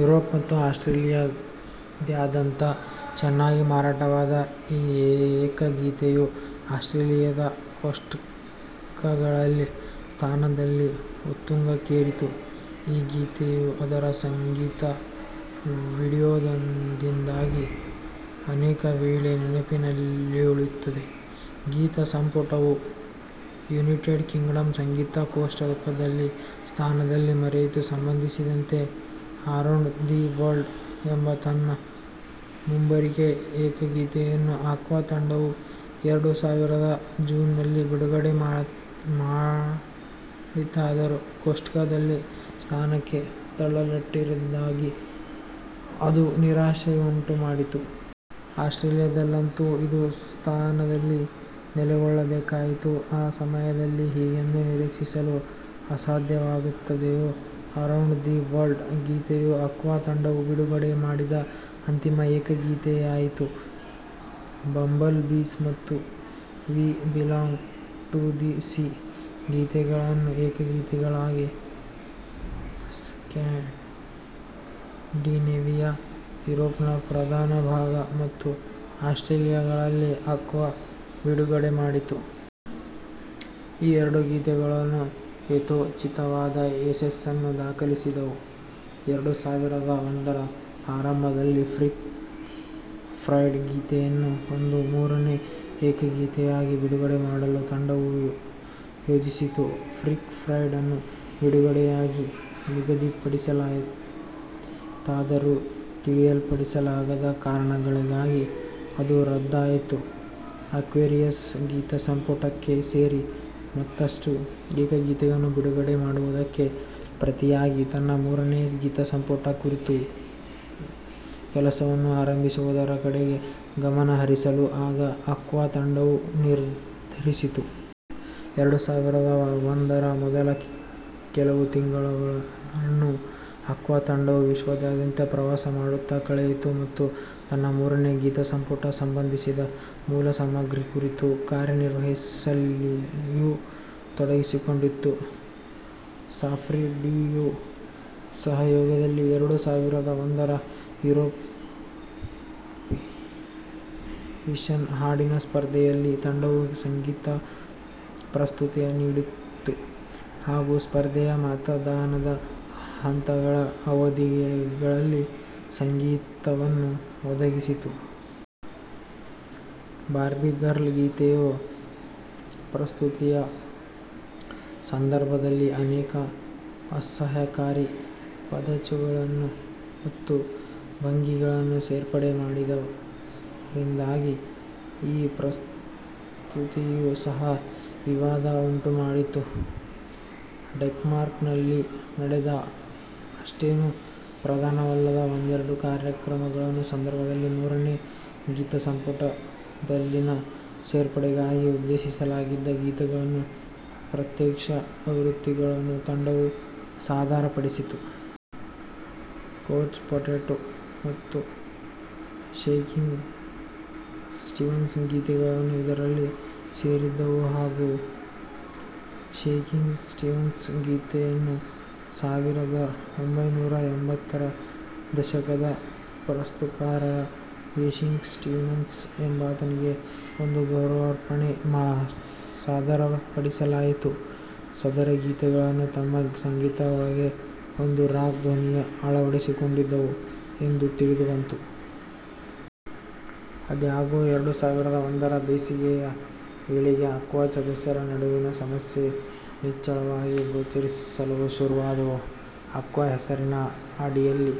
Europe ಮತ್ತು ಆಸ್ಟ್ರೇಲಿಯಾದಾದ್ಯಂತ ಚೆನ್ನಾಗಿ ಮಾರಾಟವಾದ ಈ ಏಕಗೀತೆಯು ಆಸ್ಟ್ರೇಲಿಯಾದ ಕೋಷ್ಟಕಗಳಲ್ಲಿ ಸ್ಥಾನದಲ್ಲಿ ಉತ್ತುಂಗಕ್ಕೇರಿತು. ಈ ಗೀತೆಯು ಅದರ ಸಂಗೀತ ವಿಡಿಯೋದಿಂದಾಗಿ ಅನೇಕವೇಳೆ ನೆನಪಿನಲ್ಲುಳಿಯುತ್ತದೆ. ಗೀತಸಂಪುಟವು ಯುನೈಟೆಡ್ ಕಿಂಗ್ಡಂನ ಸಂಗೀತ ಕೋಷ್ಟಕದಲ್ಲಿ ಸ್ಥಾನದಲ್ಲಿ ಮೆರೆಯಿತು. ಸಂಬಂಧಿಸಿದಂತೆ "ಅರೌಂಡ್ ದಿ ವರ್ಲ್ಡ್" ಎಂಬ ತನ್ನ ಮುಂಬರಿಕೆ ಏಕಗೀತೆಯನ್ನು ಆಕ್ವಾ ತಂಡವು ಎರಡು ಸಾವಿರದ ಜೂನ್ನಲ್ಲಿ ಬಿಡುಗಡೆ ಮಾಡಿತಾದರೂ, ಕೋಷ್ಟಕದಲ್ಲಿ ಸ್ಥಾನಕ್ಕೆ ತಳ್ಳಲ್ಪಟ್ಟಿದ್ದರಿಂದಾಗಿ ಅದು ನಿರಾಶೆಯುಂಟುಮಾಡಿತು. ಆಸ್ಟ್ರೇಲಿಯಾದಲ್ಲಂತೂ ಇದು ಸ್ಥಾನದಲ್ಲಿ ನೆಲೆಗೊಳ್ಳಬೇಕಾಯಿತು. ಆ ಸಮಯದಲ್ಲಿ ಹೀಗೆಂದು ನಿರೀಕ್ಷಿಸಲು ಅಸಾಧ್ಯವಾಗಿತ್ತಾದರೂ, ಅರೌಂಡ್ ದಿ ವರ್ಲ್ಡ್ ಗೀತೆಯು ಆಕ್ವಾ ತಂಡವು ಬಿಡುಗಡೆ ಮಾಡಿದ ಅಂತಿಮ ಏಕಗೀತೆಯಾಯಿತು. "ಬಂಬಲ್ ಬೀಸ್" ಮತ್ತು "we belong to the sea" ಗೀತೆಗಳನ್ನು ಏಕಗೀತೆಗಳಾಗಿ ಸ್ಕ್ಯಾಂಡಿನೇವಿಯಾ, ಯುರೋಪ್ನ ಪ್ರಧಾನಭಾಗ ಮತ್ತು ಆಸ್ಟ್ರೇಲಿಯಾಗಳಲ್ಲಿ ಆಕ್ವಾ ಬಿಡುಗಡೆಮಾಡಿತು. ಈ ಎರಡೂ ಗೀತೆಗಳೂ ಯಥೋಚಿತವಾದ ಯಶಸ್ಸನ್ನು ದಾಖಲಿಸಿದವು. ಎರಡು ಸಾವಿರದ ಒಂದರ ಆರಂಭದಲ್ಲಿ, ಫ್ರೀಕಿ ಫ್ರೈಡೆ ಗೀತೆಯನ್ನು ಒಂದು ಮೂರನೇ ಏಕಗೀತೆಯಾಗಿ ಬಿಡುಗಡೆ ಮಾಡಲು ತಂಡವು ಯೋಜಿಸಿತು. "ಫ್ರೀಕಿ ಫ್ರೈಡೆ"ಯನ್ನು ಬಿಡುಗಡೆಗಾಗಿ ನಿಗದಿಪಡಿಸಲಾಯಿತಾದರೂ, ತಿಳಿಯಪಡಿಸಲಾಗದ ಕಾರಣಗಳಿಗಾಗಿ ಅದು ರದ್ದಾಯಿತು. ಆಕ್ವೇರಿಯಸ್ ಗೀತಸಂಪುಟಕ್ಕೆ ಸೇರಿದ ಮತ್ತಷ್ಟು ಏಕಗೀತೆಗಳನ್ನು ಬಿಡುಗಡೆ ಮಾಡುವುದಕ್ಕೆ ಪ್ರತಿಯಾಗಿ, ತನ್ನ ಮೂರನೇ ಗೀತಸಂಪುಟದ ಕುರಿತಾಗಿ ಕೆಲಸವನ್ನು ಆರಂಭಿಸುವುದರ ಕಡೆಗೆ ಗಮನ ಹರಿಸಲು ಆಗ ಆಕ್ವಾ ತಂಡವು ನಿರ್ಧರಿಸಿತು. ಎರಡು ಸಾವಿರದ ಒಂದರ ಮೊದಲ ಕೆಲವು ತಿಂಗಳುಗಳನ್ನು ಆಕ್ವಾ ತಂಡವು ವಿಶ್ವದಾದ್ಯಂತ ಪ್ರವಾಸಮಾಡುತ್ತಾ ಕಳೆಯಿತು, ಮತ್ತು ತನ್ನ ಮೂರನೇ ಗೀತಸಂಪುಟಕ್ಕೆ ಸಂಬಂಧಿಸಿದ ಮೂಲಸಾಮಗ್ರಿಯ ಕುರಿತು ಕಾರ್ಯನಿರ್ವಹಿಸುವಲ್ಲಿಯೂ ತೊಡಗಿಸಿಕೊಂಡಿತು. ಸಾಫ್ರಿ ಡ್ಯುಯೊ ಸಹಯೋಗದಲ್ಲಿ ಎರಡು ಸಾವಿರದ ಒಂದರ ಯೂರೋವಿಷನ್ ಹಾಡಿನ ಸ್ಪರ್ಧೆಯಲ್ಲಿಯೂ ತಂಡವು ಸಂಗೀತ ಪ್ರಸ್ತುತಿಯನ್ನು ನೀಡಿತು ಹಾಗೂ ಸ್ಪರ್ಧೆಯ ಮತದಾನದ ಹಂತಗಳ ಅವಧಿಯಲ್ಲಿ ಸಂಗೀತವನ್ನು ಒದಗಿಸಿತು. "ಬಾರ್ಬೀ ಗರ್ಲ್" ಗೀತೆಯ ಪ್ರಸ್ತುತಿಯ ಸಂದರ್ಭದಲ್ಲಿ ಅನೇಕ ಅಸಹ್ಯಕರ ಪದಗುಚ್ಛಗಳು ಮತ್ತು ಭಂಗಿಗಳನ್ನು ಸೇರ್ಪಡೆ ಮಾಡಿದ್ದರಿಂದಾಗಿ, ಈ ಪ್ರಸ್ತುತಿಯೂ ಸಹ ವಿವಾದವನ್ನು ಉಂಟುಮಾಡಿತು. ಡೆನ್ಮಾರ್ಕ್ನಲ್ಲಿ ನಡೆದ ಅಷ್ಟೇನೂ ಪ್ರಧಾನವಲ್ಲದ ಒಂದೆರಡು ಕಾರ್ಯಕ್ರಮಗಳ ಸಂದರ್ಭದಲ್ಲಿ, ಮೂರನೇ ಗೀತಸಂಪುಟದಲ್ಲಿನ ಸೇರ್ಪಡೆಗಾಗಿ ಉದ್ದೇಶಿಸಲಾಗಿದ್ದ ಗೀತೆಗಳ ಪ್ರತ್ಯಕ್ಷ ಆವೃತ್ತಿಗಳನ್ನು ತಂಡವು ಸಾದರಪಡಿಸಿತು. "ಕೂಚ್ ಪೊಟೆಟೊ" ಮತ್ತು "ಷೇಕಿಂಗ್ ಸ್ಟೀವನ್ಸ್ " ಗೀತೆಗಳು ಇದರಲ್ಲಿ ಸೇರಿದ್ದವು ಹಾಗೂ "ಷೇಕಿಂಗ್ ಸ್ಟೀವನ್ಸ್ " ಗೀತೆಯನ್ನು ಸಾವಿರದ ಒಂಭೈನೂರ ಎಂಬತ್ತರ ದಶಕದ ಪ್ರಸ್ತುತಿಕಾರ ಷೇಕಿಂಗ್ ಸ್ಟೀವನ್ಸ್ ಎಂಬಾತನಿಗೆ ಒಂದು ಗೌರವಾರ್ಪಣೆಯಾಗಿ ಸಾದರಪಡಿಸಲಾಯಿತು. ಸದರಿ ಗೀತೆಗಳು ತಮ್ಮ ಸಂಗೀತದೊಳಗೆ ಒಂದು ರಾಕ್ ಧ್ವನಿಯನ್ನು ಅಳವಡಿಸಿಕೊಂಡಿದ್ದವು ಎಂದು ತಿಳಿದುಬಂತು. ಆದಾಗ್ಯೂ ಎರಡು ಸಾವಿರದ ಒಂದರ ಬೇಸಿಗೆಯ ವೇಳೆಗೆ ಆಕ್ವಾದ ಸದಸ್ಯರ ನಡುವಿನ ಸಮಸ್ಯೆಗಳು ನಿಚ್ಚಳವಾಗಿ ಗೋಚರಿಸಲು ಶುರುವಾದವು. ಆಕ್ವಾ ಹೆಸರಿನ ಅಡಿಯಲ್ಲಿ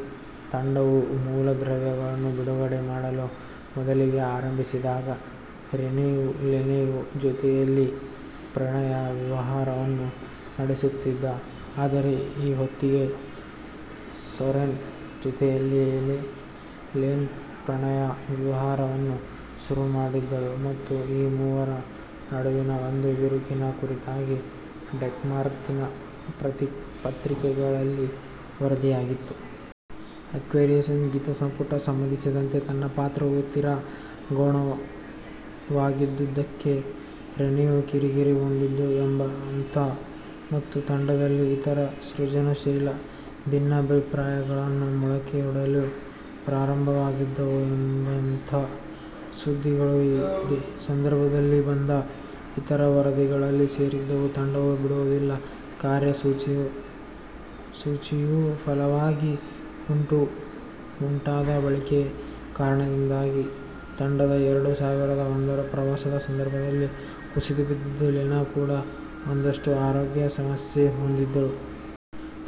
ತಂಡವು ಮೂಲದ್ರವ್ಯವನ್ನು ಬಿಡುಗಡೆ ಮಾಡಲು ಮೊದಲಿಗೆ ಆರಂಭಿಸಿದಾಗ, ರೆನೆಯು ಲೆನೆಯ ಜೊತೆಯಲ್ಲಿ ಪ್ರಣಯ-ವಿಹಾರವನ್ನು ನಡೆಸುತ್ತಿದ್ದ. ಆದರೆ, ಈ ಹೊತ್ತಿಗೆ ಸೋರೆನ್ ಜೊತೆಯಲ್ಲಿ ಲೆನೆ ಪ್ರಣಯ-ವಿಹಾರವನ್ನು ಶುರುಮಾಡಿದ್ದಳು, ಮತ್ತು ಈ ಮೂವರ ನಡುವಿನ ಒಂದು ಬಿರುಕಿನ ಕುರಿತಾಗಿ ಡೆನ್ಮಾರ್ಕಿನ ಪತ್ರಿಕೆಗಳಲ್ಲಿ ವರದಿಯಾಗಿತ್ತು. ಆಕ್ವೇರಿಯಸ್ ಗೀತಸಂಪುಟಕ್ಕೆ ಸಂಬಂಧಿಸಿದಂತೆ ತನ್ನ ಪಾತ್ರವು ತೀರಾ ಗೌಣವಾಗಿದ್ದುದಕ್ಕೆ ರೆನೆಯು ಕಿರಿಕಿರಿಗೊಂಡಿದ್ದ ಎಂಬಂಥ, ಮತ್ತು ತಂಡದಲ್ಲಿ ಇತರ ಸೃಜನಶೀಲ ಭಿನ್ನಾಭಿಪ್ರಾಯಗಳು ಮೊಳಕೆಯೊಡೆಯಲು ಪ್ರಾರಂಭವಾಗಿದ್ದವು ಎಂಬಂಥ ಸುದ್ದಿಗಳು ಇದೇ ಸಂದರ್ಭದಲ್ಲಿ ಬಂದ ಇತರ ವರದಿಗಳಲ್ಲಿ ಸೇರಿದ್ದವು. ತಂಡದ ಬಿಡುವಿಲ್ಲದ ಕಾರ್ಯಸೂಚಿಯ ಫಲವಾಗಿ ಉಂಟಾದ ಬಳಲಿಕೆಯ ಕಾರಣದಿಂದಾಗಿ, ತಂಡದ ಎರಡು ಸಾವಿರದ ಒಂದರ ಪ್ರವಾಸದ ಸಂದರ್ಭದಲ್ಲಿ ಕುಸಿದುಬಿದ್ದಿದ್ದ ಲೆನೆ ಕೂಡಾ ಒಂದಷ್ಟು ಆರೋಗ್ಯ ಸಮಸ್ಯೆಗಳನ್ನು ಹೊಂದಿದ್ದಳು.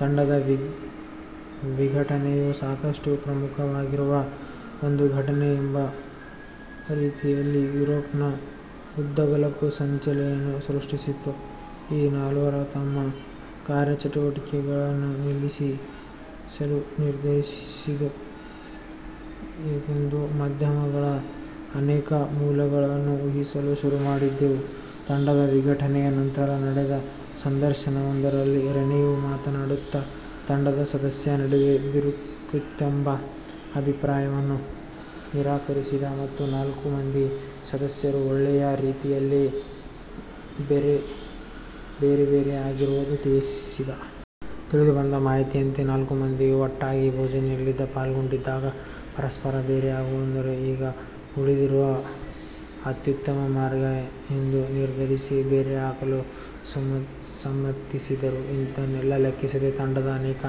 ತಂಡದ ವಿಘಟನೆಯು ಸಾಕಷ್ಟು ಪ್ರಮುಖವಾಗಿರುವ ಒಂದು ಘಟನೆ ಎಂಬ ರೀತಿಯಲ್ಲಿ ಯುರೋಪ್ನ ಉದ್ದಗಲಕ್ಕೂ ಸಂಚಲನೆಯನ್ನು ಸೃಷ್ಟಿಸಿತು. ಈ ನಾಲ್ವರೂ ತಮ್ಮ ಕಾರ್ಯಚಟುವಟಿಕೆಗಳನ್ನು ನಿಲ್ಲಿಸಲು ನಿರ್ಧರಿಸಿದ್ದು ಏಕೆಂದು ಮಾಧ್ಯಮಗಳ ಅನೇಕ ಮೂಲಗಳು ಊಹಿಸಲು ಶುರುಮಾಡಿದವು. ತಂಡದ ವಿಘಟನೆಯ ನಂತರ ನಡೆದ ಸಂದರ್ಶನವೊಂದರಲ್ಲಿ ರೆನೆಯು ಮಾತನಾಡುತ್ತಾ, ತಂಡದ ಸದಸ್ಯರ ನಡುವೆ ಬಿರುಕಿತ್ತೆಂಬ ಅಭಿಪ್ರಾಯವನ್ನು ನಿರಾಕರಿಸಿದ ಮತ್ತು ನಾಲ್ಕೂ ಮಂದಿ ಸದಸ್ಯರು ಒಳ್ಳೆಯ ರೀತಿಯಲ್ಲೇ ಬೇರೆಬೇರೆಯಾಗಿರುವುದಾಗಿ ತಿಳಿಸಿದ. ತಿಳಿದುಬಂದ ಮಾಹಿತಿಯಂತೆ, ನಾಲ್ಕೂ ಮಂದಿಯೂ ಒಟ್ಟಾಗಿ ಭೋಜನದಲ್ಲಿ ಪಾಲ್ಗೊಂಡಿದ್ದಾಗ "ಪರಸ್ಪರ ಬೇರೆಯಾಗುವುದೊಂದೇ ಈಗ ಉಳಿದಿರುವ ಅತ್ಯುತ್ತಮ ಮಾರ್ಗ" ಎಂದು ನಿರ್ಧರಿಸಿ, ಬೇರೆಯಾಗಲು ಸಮ್ಮತಿಸಿದ್ದರು. ಇದನ್ನೆಲ್ಲ ಲೆಕ್ಕಿಸದ ತಂಡದ ಅನೇಕ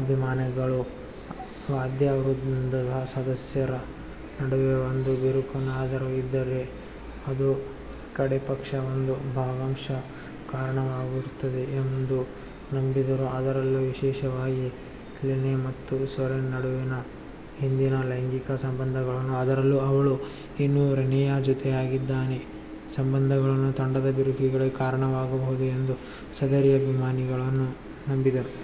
ಅಭಿಮಾನಿಗಳು, ವಾದ್ಯವೃಂದದ ಸದಸ್ಯರ ನಡುವೆ ಒಂದು ಬಿರುಕೇನಾದರೂ ಇದ್ದರೆ ಅದು ಕಡೇಪಕ್ಷ ಒಂದು ಭಾಗಶಃ ಕಾರಣವಾಗಿರುತ್ತದೆ ಎಂದು ನಂಬಿದ್ದರು; ಅದರಲ್ಲೂ ವಿಶೇಷವಾಗಿ, ಲೆನೆ ಮತ್ತು ಸೋರೆನ್ ನಡುವಿನ ಹಿಂದಿನ ಲೈಂಗಿಕ ಸಂಬಂಧಗಳು, ಅದರಲ್ಲೂ ಅವಳು ಇನ್ನೂ ರೆನೆಯ ಜೊತೆಗಿದ್ದಾಗಿನ ಸಂಬಂಧಗಳು ತಂಡದ ಬಿರುಕಿಗೆ ಕಾರಣವಾಗಿರಬಹುದು ಎಂದು ಸದರಿ ಅಭಿಮಾನಿಗಳು ನಂಬಿದ್ದರು.